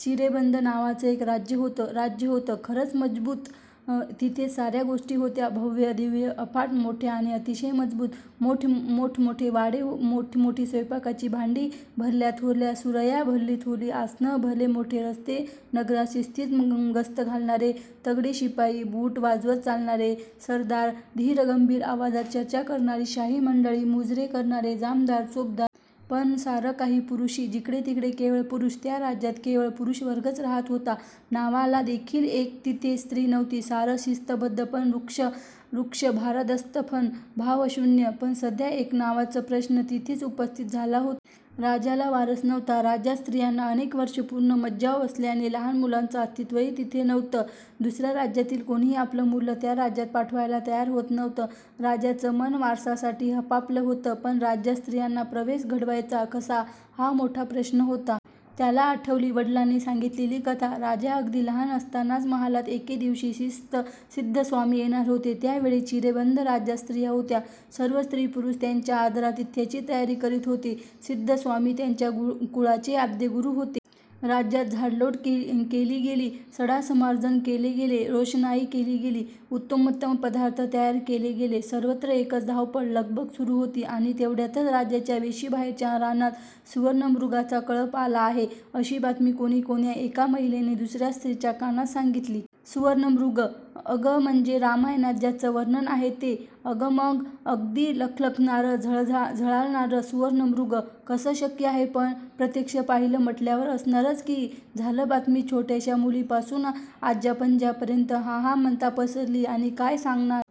चिरेबंद नावाचं एक राज्य होतं. राज्य होतं खरंच मजबूत. तिथे साऱ्याच गोष्टी होत्या भव्य, दिव्य, अफाट मोठ्या आणि अतिशय मजबूत. मोठे मोठे वाडे, मोठी स्वयंपाकाची भांडी, भल्याथोरल्या सुरया, भलीथोरली आसनं. भले मोठे रस्ते. नगरात शिस्तीत गस्त घालणारे तगडे शिपाई, बूट वाजवत चालणारे सरदार, धीरगंभीर आवाजात चर्चा करणारी शाही मंडळी, मुजरे करणारे जामदार चोपदार. पण सारं काही पुरुषी. जिकडेतिकडे केवळ पुरुष. त्या राज्यात केवळ पुरुषवर्गच राहत होता. नावालादेखील तिथे स्त्री नव्हती. सारं शिस्तबध्द पण रुक्ष; भारदस्त पण भावशून्य,. पण सध्या एक नवाच प्रश्न तिथे उपस्थित झाला होता. राज्याला वारस नव्हता. राज्यात स्त्रियांना अनेक वर्षं पूर्ण मज्जाव असल्याने लहान मुलांचं अस्तित्वही तिथे नव्हतं. दुसऱ्या राज्यातील कोणीही आपलं मूल त्या राज्यात पाठवायला तयार होत नव्हतं. राजाचं मन वारसासाठी हपापलं होतं. पण राज्यात स्त्रियांना प्रवेश घडवायचा कसा, हा मोठा प्रश्न होता. त्याला आठवली वडिलांनी सांगितलेली कथा. राजा अगदी लहान असताना महालात एके दिवशी सिध्दस्वामी येणार होते. त्या वेळी चिरेबंद राज्यात स्त्रिया होत्या. सर्व स्त्रीपुरुष त्यांच्या आदरातिथ्याची तयारी करीत होते. सिध्दस्वामी त्यांच्या कुळाचे आद्यगुरू होते. राज्यात झाडलोट केली गेली. सडासंमार्जन केले गेले. रोषणाई केली गेली. उत्तमोत्तम पदार्थ तयार केले गेले. सर्वत्र एकच धावपळ, लगबग सुरू होती आणि तेवढ्यातच राज्याच्या वेशीबाहेरच्या रानात सुवर्णमृगांचा कळप आला आहे, अशी बातमी कोण्या एका महिलेने दुसऱ्या स्त्रीच्या कानात सांगितली. "सुवर्णमृग? अगं म्हणजे रामायणात ज्याचं वर्णन आहे ते? अगं मग? अगदी लखलखणारं, झळाळणारं सुवर्णमृग? कसं शक्य आहे पण? प्रत्यक्ष पाहिलं म्हटल्यावर असणारच की. " झालं बातमी छोट्याशा मुलीपासून आज्यापणज्यांपर्यंत हा हा म्हणता पसरली आणि काय सांगणार?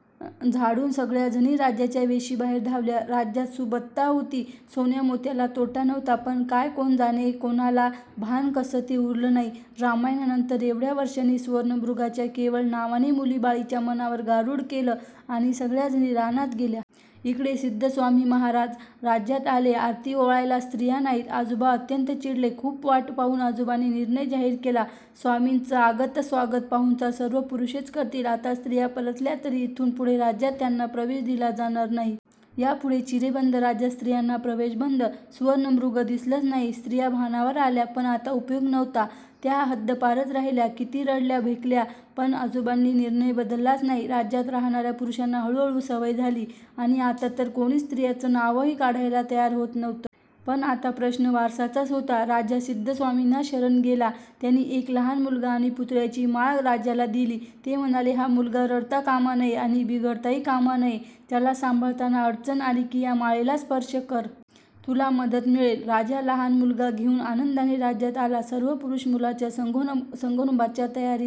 झाडून सगळ्याजणी राज्याच्या वेशीबाहेर धावल्या. राज्यात सुबत्ता होती, सोन्यामोत्याला तोटा नव्हता. पण काय कोण जाणे, कोणाला भान कसं ते उरलं नाही. रामायणानंतर एवढ्या वर्षांनी सुवर्णमृगाच्या केवळ नावाने मुलीबाळींच्या मनावर गारुड केलं आणि सगळ्याजणी रानात गेल्या. इकडे सिध्दस्वामी महाराज राज्यात आले. आरती ओवाळायला स्त्रिया नाहीत. आजोबा अत्यंत चिडले. खूप वाट पाहून आजोबांनी निर्णय जाहीर केला. –"स्वामींचं आगतस्वागत पाहुणचार सर्व पुरुषच करतील. आता स्त्रिया परतल्या, तरी इथून पुढे राज्यात त्यांना प्रवेश दिला जाणार नाही. यापुढे चिरेबंद राज्यात स्त्रियांना प्रवेश बंद. "- सुवर्णमृग दिसलंच नाही. स्त्रिया भानावर आल्या. पण आता उपयोग नव्हता. त्या हद्दपारच राहिल्या. किती रडल्या भेकल्या, पण आजोबांनी निर्णय बदललाच नाही. राज्यात राहणाऱ्या पुरुषांना हळूहळू सवय झाली आणि आता तर कोणीच स्त्रियांचं नावही काढायला तयार होत नव्हतं. पण आता प्रश्न वारसाचा होता. राजा सिध्दस्वामींनाच शरण गेला. त्यांनी एक लहान मुलगा आणि पुतळ्यांची माळ राजाला दिली. ते म्हणाले,"हा मुलगा रडता कामा नये आणि बिघडताही कामा नये. त्याला सांभाळताना अडचण आली की या माळेला स्पर्श कर. तुला मदत मिळेल. "-- राजा लहान मुलगा घेऊन आनंदाने राज्यात आला. सर्व पुरुष मुलाच्या संगोपनाच्या तयारीला